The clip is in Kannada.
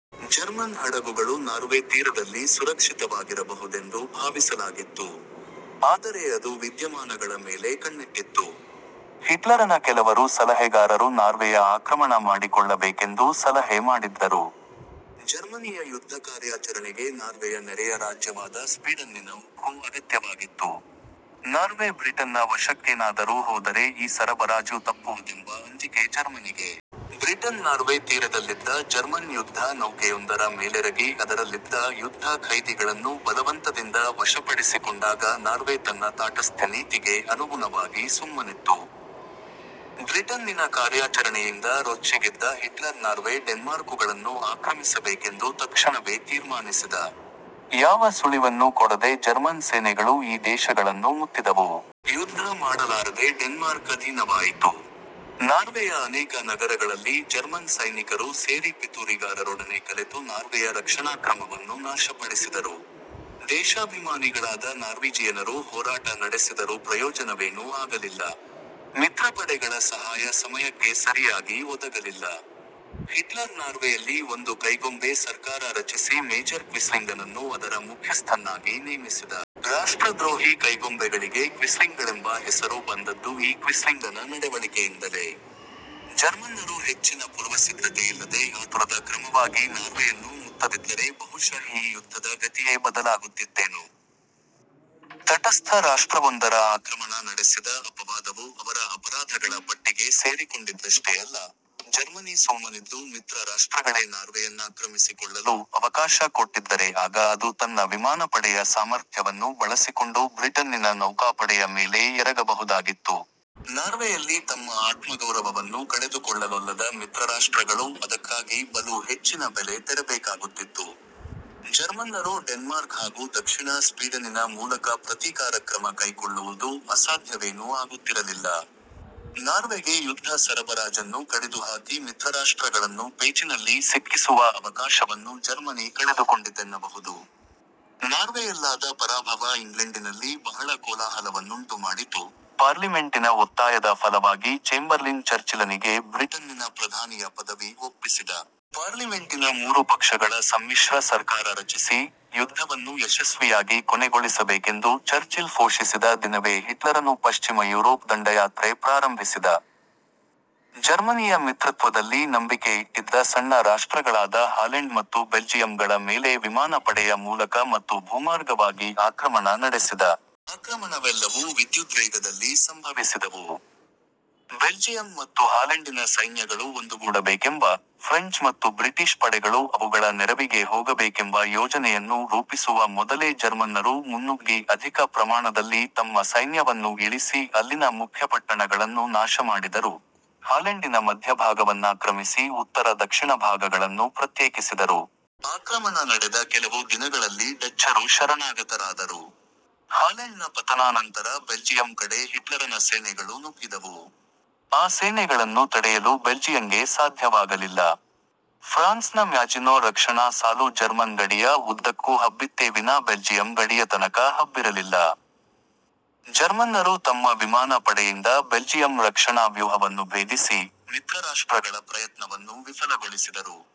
ಜರ್ಮನ್ ಹಡಗುಗಳು ನಾರ್ವೆ ತೀರದಲ್ಲಿ ಸುರಕ್ಷಿತವಾಗಿರಬಹುದೆಂದು ಭಾವಿಸಲಾಗಿತ್ತು. ಆದರೆ ಅದು ವಿದ್ಯಮಾನಗಳ ಮೇಲೆ ಕಣ್ಣಿಟ್ಟಿತ್ತು. ಹಿಟ್ಲರನ ಕೆಲವರು ಸಲಹೆಗಾರರು ನಾರ್ವೆಯ ಆಕ್ರಮಣ ಮಾಡಿಕೊಳ್ಳಬೇಕೆಂದು ಸಲಹೆ ಮಾಡಿದ್ದರು. ಜರ್ಮನಿಯ ಯುದ್ಧಕಾರ್ಯಾಚರಣೆಗೆ ನಾರ್ವೆಯ ನೆರೆಯ ರಾಜ್ಯವಾದ ಸ್ಪೀಡನ್ನಿನ ಉಕ್ಕು ಅಗತ್ಯವಾಗಿತ್ತು. ನಾರ್ವೆ ಬ್ರಿಟನ್ನ ವಶಕ್ಕೇನಾದರೂ ಹೋದರೆ ಈ ಸರಬರಾಜು ತಪ್ಪುವುದೆಂಬ ಅಂಜಿಕೆ ಜರ್ಮನಿಗೆ. ಬ್ರಿಟನ್ ನಾರ್ವೆ ತೀರದಲ್ಲಿದ್ದ ಜರ್ಮನ್ ಯುದ್ಧ ನೌಕೆಯೊಂದರ ಮೇಲೆರಗಿ ಅದರಲ್ಲಿದ್ದ ಯುದ್ಧ ಖೈದಿಗಳನ್ನು ಬಲವಂತದಿಂದ ವಶಪಡಿಸಿಕೊಂಡಾಗ ನಾರ್ವೆ ತನ್ನ ತಾಟಸ್ಥ್ಯ ನೀತಿಗೆ ಅನುಗುಣವಾಗಿ ಸುಮ್ಮನಿತ್ತು. ಬ್ರಿಟನ್ನಿನ ಕಾರ್ಯಾಚರಣೆಯಿಂದ ರೊಚ್ಚಿಗೆದ್ದ ಹಿಟ್ಲರ್ ನಾರ್ವೆ ಡೆನ್ಮಾರ್ಕುಗಳನ್ನು ಆಕ್ರಮಿಸಬೇಕೆಂದು ತತ್ಕ್ಷಣವೇ ತೀರ್ಮಾನಿಸಿದ. ಯಾವ ಸುಳಿವನ್ನೂ ಕೊಡದೆ ಜರ್ಮನ್ ಸೇನೆಗಳು ಈ ದೇಶಗಳನ್ನು ಮುತ್ತಿದವು. ಯುದ್ಧ ಮಾಡಲಾರದೆ ಡೆನ್ಮಾರ್ಕ್ ಅಧೀನವಾಯಿತು. ನಾರ್ವೆಯ ಅನೇಕ ನಗರಗಳಲ್ಲಿ ಜರ್ಮನ್ ಸೈನಿಕರು ಸೇರಿ ಪಿತೂರಿಗಾರರೊಡನೆ ಕಲೆತು ನಾರ್ವೆಯ ರಕ್ಷಣಾಕ್ರಮವನ್ನು ನಾಶಪಡಿಸಿದರು. ದೇಶಾಭಿಮಾನಿಗಳಾದ ನಾರ್ವೀಜಿಯನರು ಹೋರಾಟ ನಡೆಸಿದರೂ ಪ್ರಯೋಜನವೇನೂ ಆಗಲಿಲ್ಲ. ಮಿತ್ರಪಡೆಗಳ ಸಹಾಯ ಸಮಯಕ್ಕೆ ಸರಿಯಾಗಿ ಒದಗಲಿಲ್ಲ. ಹಿಟ್ಲರ್ ನಾರ್ವೆಯಲ್ಲಿ ಒಂದು ಕೈಗೊಂಬೆ ಸರ್ಕಾರ ರಚಿಸಿ ಮೇಜರ್ ಕ್ವಿಸ್ಲಿಂಗನನ್ನು ಅದರ ಮುಖ್ಯಸ್ಥನ್ನಾಗಿ ನೇಮಿಸಿದ. ರಾಷ್ಟ್ರದ್ರೋಹಿ ಕೈಗೊಂಬೆಗಳಿಗೆ ಕ್ವಿಸ್ಲಿಂಗ್ಗಳೆಂಬ ಹೆಸರು ಬಂದದ್ದು ಈ ಕ್ವಿಸ್ಲಿಂಗನ ನಡೆವಳಿಕೆಯಿಂದಲೇ. ಜರ್ಮನ್ನರು ಹೆಚ್ಚಿನ ಪುರ್ವಸಿದ್ದತೆಯಿಲ್ಲದೆ ಆತುರದ ಕ್ರಮವಾಗಿ ನಾರ್ವೆಯನ್ನು ಮುತ್ತದಿದ್ದರೆ ಬಹುಶಃ ಈ ಯುದ್ಧದ ಗತಿಯೇ ಬದಲಾಗುತ್ತಿತ್ತೇನೋ. ತಟಸ್ಥ ರಾಷ್ಟ್ರವೊಂದರ ಆಕ್ರಮಣ ನಡೆಸಿದ ಅಪವಾದವೂ ಅವರ ಅಪರಾಧಗಳ ಪಟ್ಟಿಗೆ ಸೇರಿಕೊಂಡಿದ್ದಷ್ಟೇ ಅಲ್ಲ: ಜರ್ಮನಿ ಸುಮ್ಮನಿದ್ದು ಮಿತ್ರ ರಾಷ್ಟ್ರಗಳೇ ನಾರ್ವೆಯನ್ನಾಕ್ರಮಿಸಿಕೊಳ್ಳಲು ಅವಕಾಶ ಕೊಟ್ಟಿದ್ದರೆ ಆಗ ಅದು ತನ್ನ ವಿಮಾನಪಡೆಯ ಸಾಮರ್ಥ್ಯವನ್ನು ಬಳಸಿಕೊಂಡು ಬ್ರಿಟನ್ನಿನ ನೌಕಾಪಡೆಯ ಮೇಲೆ ಎರಗಬಹುದಾಗಿತ್ತು. ನಾರ್ವೆಯಲ್ಲಿ ತಮ್ಮ ಆತ್ಮಗೌರವವನ್ನೂ ಕಳೆದುಕೊಳ್ಳಲೊಲ್ಲದ ಮಿತ್ರರಾಷ್ಟ್ರಗಳು ಅದಕ್ಕಾಗಿ ಬಲು ಹೆಚ್ಚಿನ ಬೆಲೆ ತೆರಬೇಕಾಗುತ್ತಿತ್ತು. ಜರ್ಮನ್ನರು ಡೆನ್ಮಾರ್ಕ್ ಹಾಗೂ ದಕ್ಷಿಣ ಸ್ಪೀಡನಿನ ಮೂಲಕ ಪ್ರತೀಕಾರಕ್ರಮ ಕೈಕೊಳ್ಳುವುದು ಅಸಾಧ್ಯವೇನೂ ಆಗುತ್ತಿರಲಿಲ್ಲ. ನಾರ್ವೆಗೆ ಯುದ್ಧ ಸರಬರಾಜನ್ನು ಕಡಿದುಹಾಕಿ ಮಿತ್ರರಾಷ್ಟ್ರಗಳನ್ನು ಪೇಚಿನಲ್ಲಿ ಸಿಕ್ಕಿಸುವ ಅವಕಾಶವನ್ನು ಜರ್ಮನಿ ಕಳೆದುಕೊಂಡಿತೆನ್ನಬಹುದು. ನಾರ್ವೆಯಲ್ಲಾದ ಪರಾಭವ ಇಂಗ್ಲೆಂಡಿನಲ್ಲಿ ಬಹಳ ಕೋಲಾಹಲವನ್ನುಂಟು ಮಾಡಿತು, ಪಾರ್ಲಿಮೆಂಟಿನ ಒತ್ತಾಯದ ಫಲವಾಗಿ ಚೇಂಬರ್ಲಿನ್ ಚರ್ಚಿಲನಿಗೆ ಬ್ರಿಟನ್ನಿನ ಪ್ರಧಾನಿಯ ಪದವಿ ಒಪ್ಪಿಸಿದ. ಪಾರ್ಲಿಮೆಂಟಿನ ಮೂರು ಪಕ್ಷಗಳ ಸಮ್ಮಿಶ್ರ ಸರ್ಕಾರ ರಚಿಸಿ, ಯುದ್ಧವನ್ನು ಯಶಸ್ವಿಯಾಗಿ ಕೊನೆಗೊಳಿಸಬೇಕೆಂದು ಚರ್ಚಿಲ್ ಫೋಷಿಸಿದ ದಿನವೇ ಹಿಟ್ಲರನೂ ಪಶ್ಚಿಮ ಯುರೋಪ್ ದಂಡಯಾತ್ರೆ ಪ್ರಾರಂಭಿಸಿದ. ಜರ್ಮನಿಯ ಮಿತ್ರತ್ವದಲ್ಲಿ ನಂಬಿಕೆ ಇಟ್ಟಿದ್ದ ಸಣ್ಣ ರಾಷ್ಟ್ರಗಳಾದ ಹಾಲೆಂಡ್ ಮತ್ತು ಬೆಲ್ಜಿಯಂ ಗಳ ಮೇಲೆ ವಿಮಾನ ಪಡೆಯ ಮೂಲಕ ಮತ್ತು ಭೂಮಾರ್ಗವಾಗಿ ಆಕ್ರಮಣ ನಡೆಸಿದ. ಆಕ್ರಮಣವೆಲ್ಲವೂ ವಿದ್ಯುದ್ವೇಗದಲ್ಲಿ ಸಂಭವಿಸಿದವು. ಬೆಲ್ಜಿಯಂ ಮತ್ತು ಹಾಲೆಂಡಿನ ಸೈನ್ಯಗಳು ಒಂದುಗೂಡಬೇಕೆಂಬ, ಫ್ರೆಂಚ್ ಮತ್ತು ಬ್ರಿಟಿಷ್ ಪಡೆಗಳು ಅವುಗಳ ನೆರವಿಗೆ ಹೋಗಬೇಕೆಂಬ ಯೋಜನೆಯನ್ನು ರೂಪಿಸುವ ಮೊದಲೇ ಜರ್ಮನ್ನರು ಮುನ್ನುಗ್ಗಿ ಅಧಿಕ ಪ್ರಮಾಣದಲ್ಲಿ ತಮ್ಮ ಸೈನ್ಯವನ್ನು ಇಳಿಸಿ ಅಲ್ಲಿನ ಮುಖ್ಯಪಟ್ಟಣಗಳನ್ನು ನಾಶಮಾಡಿದರು; ಹಾಲೆಂಡಿನ ಮಧ್ಯಭಾಗವನ್ನಾಕ್ರಮಿಸಿ ಉತ್ತರ ದಕ್ಷಿಣಭಾಗಗಳನ್ನು ಪ್ರತ್ಯೇಕಿಸಿದರು. ಆಕ್ರಮಣ ನಡೆದ ಕೆಲವು ದಿನಗಳಲ್ಲಿ ಡಚ್ಚರು ಶರಣಾಗತರಾದರು. ಹಾಲೆಂಡ್ನ ಪತನಾನಂತರ ಬೆಲ್ಜಿಯಂ ಕಡೆ ಹಿಟ್ಲರನ ಸೇನೆಗಳು ನುಗ್ಗಿದವು. ಆ ಸೇನೆಗಳನ್ನು ತಡೆಯಲು ಬೆಲ್ಜಿಯಂಗೆ ಸಾಧ್ಯವಾಗಲಿಲ್ಲ. ಫ್ರಾನ್ಸ್ನ ಮ್ಯಾಜಿನೊ ರಕ್ಷಣಾ ಸಾಲು ಜರ್ಮನ್ ಗಡಿಯ ಉದ್ದಕ್ಕೂ ಹಬ್ಬಿತ್ತೇ ವಿನಾ ಬೆಲ್ಜಿಯಂ ಗಡಿಯತನಕ ಹಬ್ಬಿರಲಿಲ್ಲ. ಜರ್ಮನ್ನರು ತಮ್ಮ ವಿಮಾನ ಪಡೆಯಿಂದ ಬೆಲ್ಜಿಯಂ ರಕ್ಷಣಾ ವ್ಯೂಹವನ್ನು ಭೇದಿಸಿ, ಮಿತ್ರರಾಷ್ಟ್ರಗಳ ಪ್ರಯತ್ನವನ್ನು ವಿಫಲಗೊಳಿಸಿದರು.